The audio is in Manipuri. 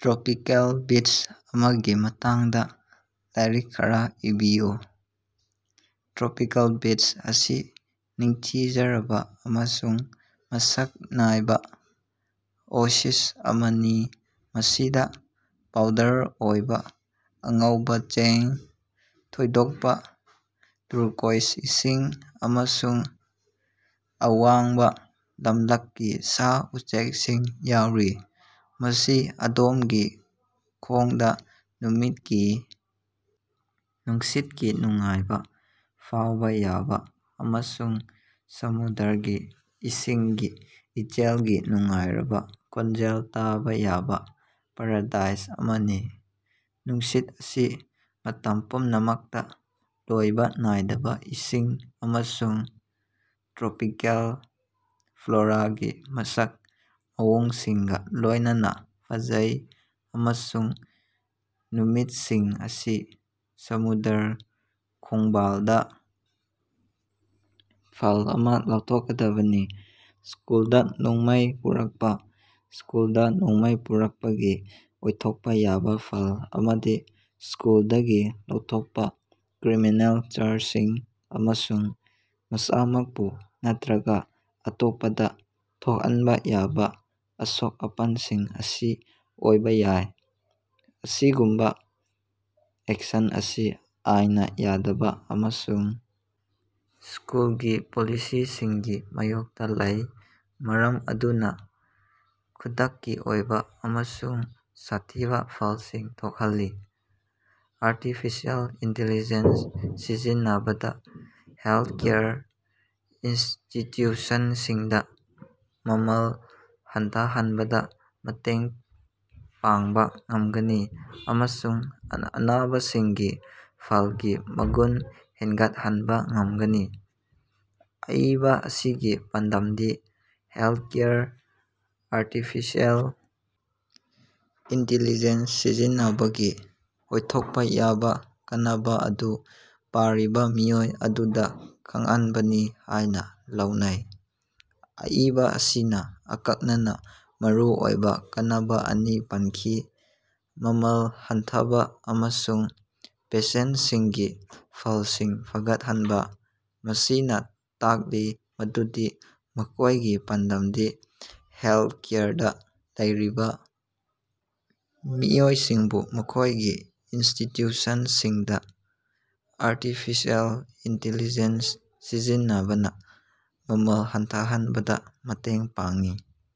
ꯇ꯭ꯔꯣꯄꯤꯀꯦꯜ ꯕꯤꯆ ꯑꯃꯒꯤ ꯃꯇꯥꯡꯗ ꯂꯥꯏꯔꯤꯛ ꯈꯔꯥ ꯏꯕꯤꯌꯨ꯫ ꯇ꯭ꯔꯣꯄꯤꯀꯦꯜ ꯕꯤꯆ ꯑꯁꯤ ꯅꯤꯡꯊꯤꯖꯔꯕ ꯑꯃꯁꯨꯡ ꯃꯁꯛ ꯅꯥꯏꯕ ꯑꯣꯌꯦꯁꯤꯁ ꯑꯃꯅꯤ, ꯃꯁꯤꯗ ꯄꯥꯎꯗꯔ ꯑꯣꯏꯕ ꯑꯉꯧꯕ ꯆꯦꯡ, ꯊꯣꯏꯗꯣꯛꯄ‌ ꯇꯨꯔꯀꯣꯏꯁ ꯏꯁꯤꯡ, ꯑꯃꯁꯨꯡ ꯑꯋꯥꯡꯕ ꯂꯝꯂꯛꯀꯤ ꯁꯥ-ꯎꯆꯦꯛꯁꯤꯡ ꯌꯥꯎꯔꯤ꯫ ꯃꯁꯤ ꯑꯗꯣꯝꯒꯤ ꯈꯣꯡꯗ ꯅꯨꯃꯤꯠꯀꯤ ꯅꯨꯡꯁꯤꯠꯀꯤ ꯅꯨꯡꯉꯥꯏꯕꯥ ꯐꯥꯑꯣꯕꯥ ꯌꯥꯕꯥ ꯑꯃꯁꯨꯡ ꯁꯃꯨꯗ꯭ꯔꯒꯤ ꯏꯁꯤꯡꯒꯤ ꯏꯆꯦꯜꯒꯤ ꯅꯨꯡꯉꯥꯏꯔꯕ ꯈꯣꯟꯖꯦꯜ ꯇꯥꯕ ꯌꯥꯕ ꯄꯥꯔꯥꯗꯥꯏꯁ ꯑꯃꯅꯤ꯫ ꯅꯨꯡꯁꯤꯠ ꯑꯁꯤ ꯃꯇꯝ ꯄꯨꯝꯅꯃꯛꯇ ꯂꯣꯏꯕ ꯅꯥꯏꯗꯕ ꯏꯁꯤꯡ ꯑꯃꯁꯨꯡ ꯇ꯭ꯔꯣꯄꯤꯀꯦꯜ ꯐ꯭ꯂꯣꯔꯥꯒꯤ ꯃꯁꯛ ꯃꯑꯣꯡꯁꯤꯡꯒ ꯂꯣꯏꯅꯅ ꯐꯖꯩ, ꯑꯃꯁꯨꯡ ꯅꯨꯃꯤꯠꯁꯤꯡ ꯑꯁꯤ ꯁꯃꯨꯗ꯭ꯔ ꯈꯣꯡꯕꯥꯜꯗ ꯐꯜ ꯑꯃ ꯂꯥꯎꯊꯣꯛꯀꯗꯕꯅꯤ꯫ ꯁ꯭ꯀꯨꯜꯗ ꯅꯣꯡꯃꯩ ꯄꯨꯔꯛꯄ꯫ ꯁ꯭ꯀꯨꯜꯗ ꯅꯣꯡꯃꯩ ꯄꯨꯔꯛꯄꯒꯤ ꯑꯣꯏꯊꯣꯛꯄ ꯌꯥꯕ ꯐꯜ ꯑꯃꯗꯤ ꯁ꯭ꯀꯨꯜꯗꯒꯤ ꯂꯧꯊꯣꯛꯄ, ꯀ꯭ꯔꯤꯃꯤꯅꯦꯜ ꯆꯥꯔꯖꯁꯤꯡ, ꯑꯃꯁꯨꯡ ꯃꯁꯥꯃꯛꯄꯨ ꯅꯠꯇꯔꯒ ꯑꯇꯣꯞꯄꯗ ꯊꯣꯛꯍꯟꯕ ꯌꯥꯕ ꯑꯁꯣꯛ-ꯑꯄꯟꯁꯤꯡ ꯑꯁꯤ ꯑꯣꯏꯕ ꯌꯥꯏ꯫ ꯑꯁꯤꯒꯨꯝꯕ ꯑꯦꯛꯁꯟ ꯑꯁꯤ ꯑꯥꯏꯟꯅ ꯌꯥꯗꯕ ꯑꯃꯁꯨꯡ ꯁ꯭ꯀꯨꯜꯒꯤ ꯄꯣꯂꯤꯁꯤꯁꯤꯡꯒꯤ ꯃꯥꯌꯣꯛꯇ ꯂꯩ, ꯃꯔꯝ ꯑꯗꯨꯅ ꯈꯨꯗꯛꯀꯤ ꯑꯣꯏꯕ ꯑꯃꯁꯨꯡ ꯁꯥꯊꯤꯕ ꯐꯜꯁꯤꯡ ꯊꯣꯛꯍꯜꯂꯤ꯫ ꯑꯥꯔꯇꯤꯐꯤꯁꯤꯑꯦꯜ ꯏꯟꯇꯤꯂꯤꯖꯦꯟꯁ ꯁꯤꯖꯤꯟꯅꯕꯅ ꯍꯦꯜꯊꯀꯦꯌꯔ ꯏꯟꯁꯇꯤꯇ꯭ꯌꯨꯁꯟꯁꯤꯡꯗ ꯃꯃꯜ ꯍꯟꯊꯍꯟꯕꯗ ꯃꯇꯦꯡ ꯄꯥꯡꯕ ꯉꯝꯒꯅꯤ ꯑꯃꯁꯨꯡ ꯑꯅꯥꯕꯁꯤꯡꯒꯤ ꯐꯜꯒꯤ ꯃꯒꯨꯟ ꯍꯦꯟꯒꯠꯍꯟꯕ ꯉꯝꯒꯅꯤ꯫ ꯑꯏꯕ ꯑꯁꯤꯒꯤ ꯄꯥꯟꯗꯝꯗꯤ ꯍꯦꯜꯊꯀꯦꯌꯔꯗ ꯑꯥꯔꯇꯤꯐꯤꯁꯤꯑꯦꯜ ꯏꯟꯇꯤꯂꯤꯖꯦꯟꯁ ꯁꯤꯖꯤꯟꯅꯕꯒꯤ ꯑꯣꯏꯊꯣꯛꯄ ꯌꯥꯕ ꯀꯥꯟꯅꯕ ꯑꯗꯨ ꯄꯥꯔꯤꯕ ꯃꯤꯑꯣꯏ ꯑꯗꯨꯗ ꯈꯪꯍꯟꯕꯅꯤ ꯍꯥꯥꯏꯅ ꯂꯧꯅꯩ꯫ ꯑꯏꯕ ꯑꯁꯤꯅ ꯑꯀꯛꯅꯅ ꯃꯔꯨꯑꯣꯏꯕ ꯀꯥꯟꯅꯕ ꯑꯅꯤ ꯄꯟꯈꯤ - ꯃꯃꯜ ꯍꯟꯊꯕ ꯑꯃꯁꯨꯡ ꯄꯦꯁꯦꯟꯠꯁꯤꯡꯒꯤ ꯐꯜꯁꯤꯡ ꯐꯒꯠꯍꯟꯕ, ꯃꯁꯤꯅ‌ ꯇꯥꯛꯂꯤ ꯃꯗꯨꯗꯤ ꯃꯈꯣꯏꯒꯤ ꯄꯥꯟꯗꯝꯗꯤ ꯍꯦꯜꯊꯀꯦꯌꯔꯗ ꯂꯩꯔꯤꯕ ꯃꯤꯑꯣꯏꯁꯤꯡꯕꯨ ꯃꯈꯣꯏꯒꯤ ꯏꯟꯁꯇꯤꯇ꯭ꯌꯨꯁꯟꯁꯤꯡꯗ ꯑꯥꯔꯇꯤꯐꯤꯁꯤꯑꯦꯜ ꯏꯟꯇꯤꯂꯤꯖꯦꯟꯁ ꯁꯤꯖꯤꯟꯅꯕꯅ ꯃꯃꯜ ꯍꯟꯊꯍꯟꯕꯗ ꯃꯇꯦꯡ ꯄꯥꯡꯉꯤ꯫